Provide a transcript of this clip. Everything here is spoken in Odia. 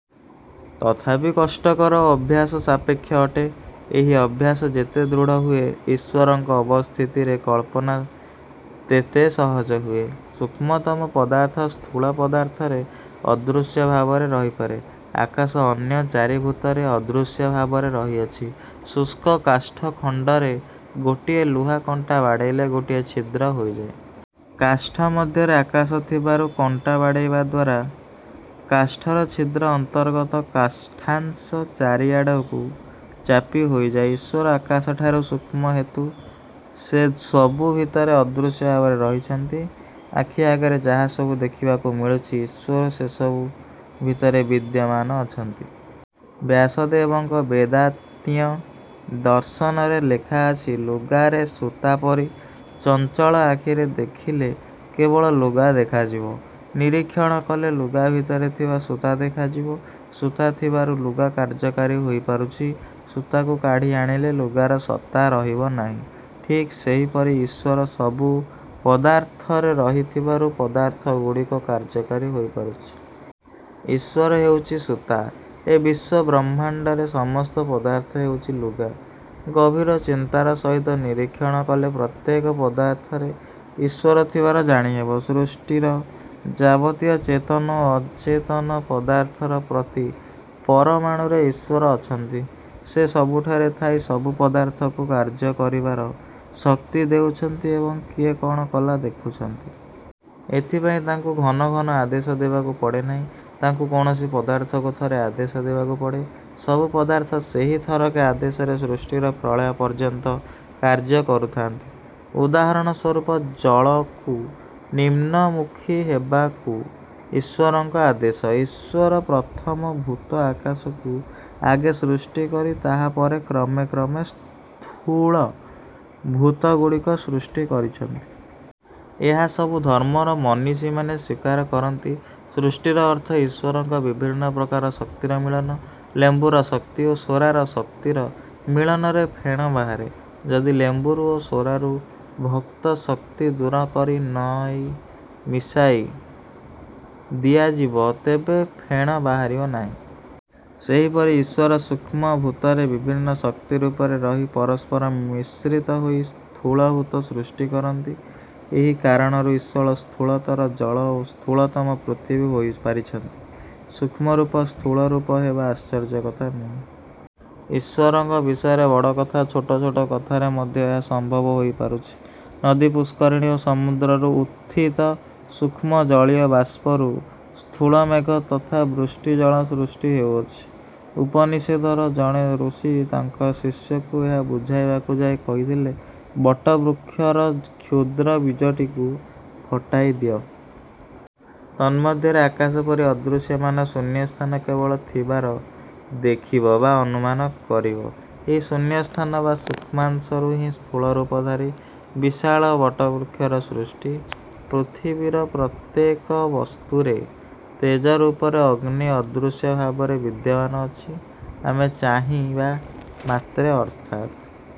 ତଥାପି କଷ୍ଟକର ଓ ଅଭ୍ୟାସ ସାପେକ୍ଷ ଅଟେ। ଏହି ଅଭ୍ୟାସ ଯେତେ ଦୃଢ଼ ହୁଏ, ଈଶ୍ଵରଙ୍କ ଅବସ୍ଥିତିରେ କଳ୍ପନା ତେତେ ସହଜ ହୁଏ। ସୂକ୍ଷ୍ମତମ ପଦାର୍ଥ ସ୍ଥୂଳ ପଦାର୍ଥରେ ଅଦୃଶ୍ୟ ଭାବରେ ରହିପାରେ। ଆକାଶ ଅନ୍ୟ ଚାରି ଭୂତରେ ଅଦୃଶ୍ୟ ଭାବରେ ରହିଅଛି। ଶୁଷ୍କ କାଷ୍ଠ ଖଣ୍ଡରେ ଗୋଟିଏ ଲୁହା କଣ୍ଟା ବାଡ଼ାଇଲେ ଗୋଟିଏ ଛିଦ୍ର ହୋଇଯାଏ। କାଷ୍ଠ ମଧ୍ୟରେ ଆକାଶ ଥିବାରୁ କଣ୍ଟା ବାଡ଼େଇବା ଦ୍ଵାରା କାଷ୍ଠର ଛିଦ୍ର ଅନ୍ତର୍ଗତ କାଷ୍ଠାଂଶ ଚାରିଆଡ଼କୁ ଚାପି ହୋଇଯାଏ। ଈଶ୍ଵର ଆକାଶଠାରୁ ସୂକ୍ଷ୍ମ ହେତୁ ସେ ସବୁ ଭିତରେ ଅଦୃଶ୍ୟ ଭାବରେ ରହିଛନ୍ତି। ଆଖି ଆଗରେ ଯାହାସବୁ ଦେଖିବାକୁ ମିଳୁଛି, ଈଶ୍ଵର ସେସବୁ ଭିତରେ ବିଦ୍ୟମାନ ଅଛନ୍ତି। ବ୍ୟାସଦେବଙ୍କ ବେଦାନ୍ତ୍ୟ ଦର୍ଶନରେ ଲେଖାଅଛି, "ଲୁଗାରେ ସୂତାପରି"। ଚଞ୍ଚଳ ଆଖିରେ ଦେଖିଲେ କେବଳ ଲୁଗା ଦେଖାଯିବ। ନିରୀକ୍ଷଣ କଲେ ଲୁଗା ଭିତରେ ଥିବା ସୂତା ଦେଖାଯିବ। ସୂତା ଥିବାରୁ ଲୁଗା କାର୍ଯ୍ୟକାରୀ ହୋଇ ପାରୁଛି। ସୂତାକୁ କାଢ଼ି ଆଣିଲେ ଲୁଗାର ସତ୍ତା ରହିବନାହିଁ-। ଠିକ୍ ସେହିପରି ଈଶ୍ଵର ସବୁ ପଦାର୍ଥରେ ରହିଥିବାରୁ ପଦାର୍ଥଗୁଡ଼ିକ କାର୍ଯ୍ୟକାରୀ ହୋଇ ପାରୁଛି-। ଈଶ୍ଵର ହେଉଅଛି ସୂତା, ଏ ବିଶ୍ଵ ବ୍ରହ୍ମାଣ୍ଡର ସମସ୍ତ ପଦାର୍ଥ ହେଉଛି ଲୁଗା। ଗଭୀର ଚିନ୍ତାର ସହିତ ନିରୀକ୍ଷଣ କଲେ ପ୍ରତ୍ୟେକ ପଦାର୍ଥରେ ଈଶ୍ଵର ଥିବାର ଜାଣିହେବ। ସୃଷ୍ଟିର ଯାବତୀୟ ଚେତନ ଓ ଅଚେତନ ପଦାର୍ଥର ପ୍ରତି ପରମାଣୁରେ ଈଶ୍ଵର ଅଛନ୍ତି। ସେ ସବୁଠାରେ ଥାଇ ସବୁ ପଦାର୍ଥକୁ କାର୍ଯ୍ୟ କରିବାର ଶକ୍ତି ଦେଉଛନ୍ତି ଏବଂ କିଏ କଅଣ କଲା, ଦେଖୁଛନ୍ତି। ଏଥିପାଇଁ ତାଙ୍କୁ ଘନ ଘନ ଆଦେଶ ଦେବାକୁ ପଡ଼େନାହିଁ। ତାଙ୍କୁ କୌଣସି ପଦାର୍ଥକୁ ଥରେ ଆଦେଶ ଦେବାକୁ ପଡ଼େ। ସବୁ ପଦାର୍ଥ ସେହି ଥରକ ଆଦେଶରେ ସୃଷ୍ଟିର ପ୍ରଳୟ ପର୍ଯ୍ୟନ୍ତ କାର୍ଯ୍ୟ କରୁଥାନ୍ତି। ଉଦାହରଣ ସ୍ୱରୂପ ଜଳକୁ ନିମ୍ନମୁଖୀ ହେବାକୁ ଈଶ୍ଵରଙ୍କ ଆଦେଶ। ଈଶ୍ଵର ପ୍ରଥମ ଭୂତ ଆକାଶକୁ ଆଗେ ସୃଷ୍ଟି କରି ତାହା ପରେ କ୍ରମେ କ୍ରମେ ସ୍ଥୂଳ ଭୂତଗୁଡ଼ିକ ସୃଷ୍ଟି କରିଛନ୍ତି। ଏହା ସବୁ ଧର୍ମର ମନୀଷୀମାନେ ସ୍ଵୀକାର କରନ୍ତି। ସୃଷ୍ଟିର ଅର୍ଥ ଈଶ୍ଵରଙ୍କ ବିଭିନ୍ନ ପ୍ରକାର ଶକ୍ତିର ମିଳନ। ଲେମ୍ବୁର ଶକ୍ତି ଓ ସୋରାର ଶକ୍ତିର ମିଳନରେ ଫେଣ ବାହାରେ। ଯଦି ଲେମ୍ବୁରୁ ଓ ସୋରାରୁ ଉକ୍ତ ଶକ୍ତି ଦୂର କରି ନେଇ ମିଶାଇ ଦିଆଯିବ, ତେବେ ଫେଣ ବାହାରିବ ନାହିଁ। ସେହିପରି ଈଶ୍ଵର ସୂକ୍ଷ୍ମ ଭୂତରେ ବିଭିନ୍ନ ଶକ୍ତି ରୂପରେ ରହି ପରସ୍ପର ମିଶ୍ରିତ ହୋଇ ସ୍ଥୂଳ ଭୂତ ସୃଷ୍ଟି କରନ୍ତି। ଏହି କାରଣରୁ ଈଶ୍ଵର ସ୍ଥୂଳତର ଜଳ ଓ ସ୍ଥୂଳତମ ପୃଥିବୀ ହୋଇ ପାରିଛନ୍ତି। ସୂକ୍ଷ୍ମ ରୂପ ସ୍ଥୂଳ ରୂପ ହେବା ଆଶ୍ଚର୍ଯ୍ୟ କଥା ନୁହେଁ। ଈଶ୍ଵରଙ୍କ ବିଷୟତ ବଡ଼ କଥା। ଛୋଟ ଛୋଟ କଥାରେ ମଧ୍ୟ ଏହା ସମ୍ଭବ ହୋଇ ପାରୁଛି। ନଦୀ, ପୁଷ୍କରିଣୀ ଓ ସମୁଦ୍ରରୁ ଉତ୍ଥିତ ସୂକ୍ଷ୍ମ ଜଳୀୟ ବାଷ୍ପରୁ ସ୍ଥୂଳ ମେଘ ତଥା ବୃଷ୍ଟିଜଳ ସୃଷ୍ଟି ହେଉଅଛି। ଉପନିଷଦର ଜଣେ ଋଷି ତାଙ୍କ ଶିଷ୍ୟକୁ ଏହା ବୁଝାଇବାକୁ ଯାଇ କହିଥିଲେ, "ବଟ ବୃକ୍ଷର କ୍ଷୁଦ୍ର ବୀଜଟିକୁ ଫଟାଇ ଦିଅ। ତନ୍ମଧ୍ୟରେ ଆକାଶପରି ଅଦୃଶ୍ୟମାନ ଶୂନ୍ୟସ୍ଥାନ କେବଳ ଥିବାର ଦେଖିବ ବା ଅନୁମାନ କରିବ। ଏହି ଶୂନ୍ୟସ୍ଥାନ ବା ସୂକ୍ଷ୍ମାଂଶରୁ ହିଁ ସ୍ଥୂଳରୂପଧାରୀ ବିଶାଳ ବଟବୃକ୍ଷର ସୃଷ୍ଟି। " ପୃଥିବୀର ପ୍ରତ୍ୟେକ ବସ୍ତୁରେ ତେଜ ରୂପରେ ଅଗ୍ନି ଅଦୃଶ୍ୟ ଭାବରେ ବିଦ୍ୟମାନ ଅଛି। ଆମେ ଚାହିଁବା ମାତ୍ରେ ଅର୍ଥାତ୍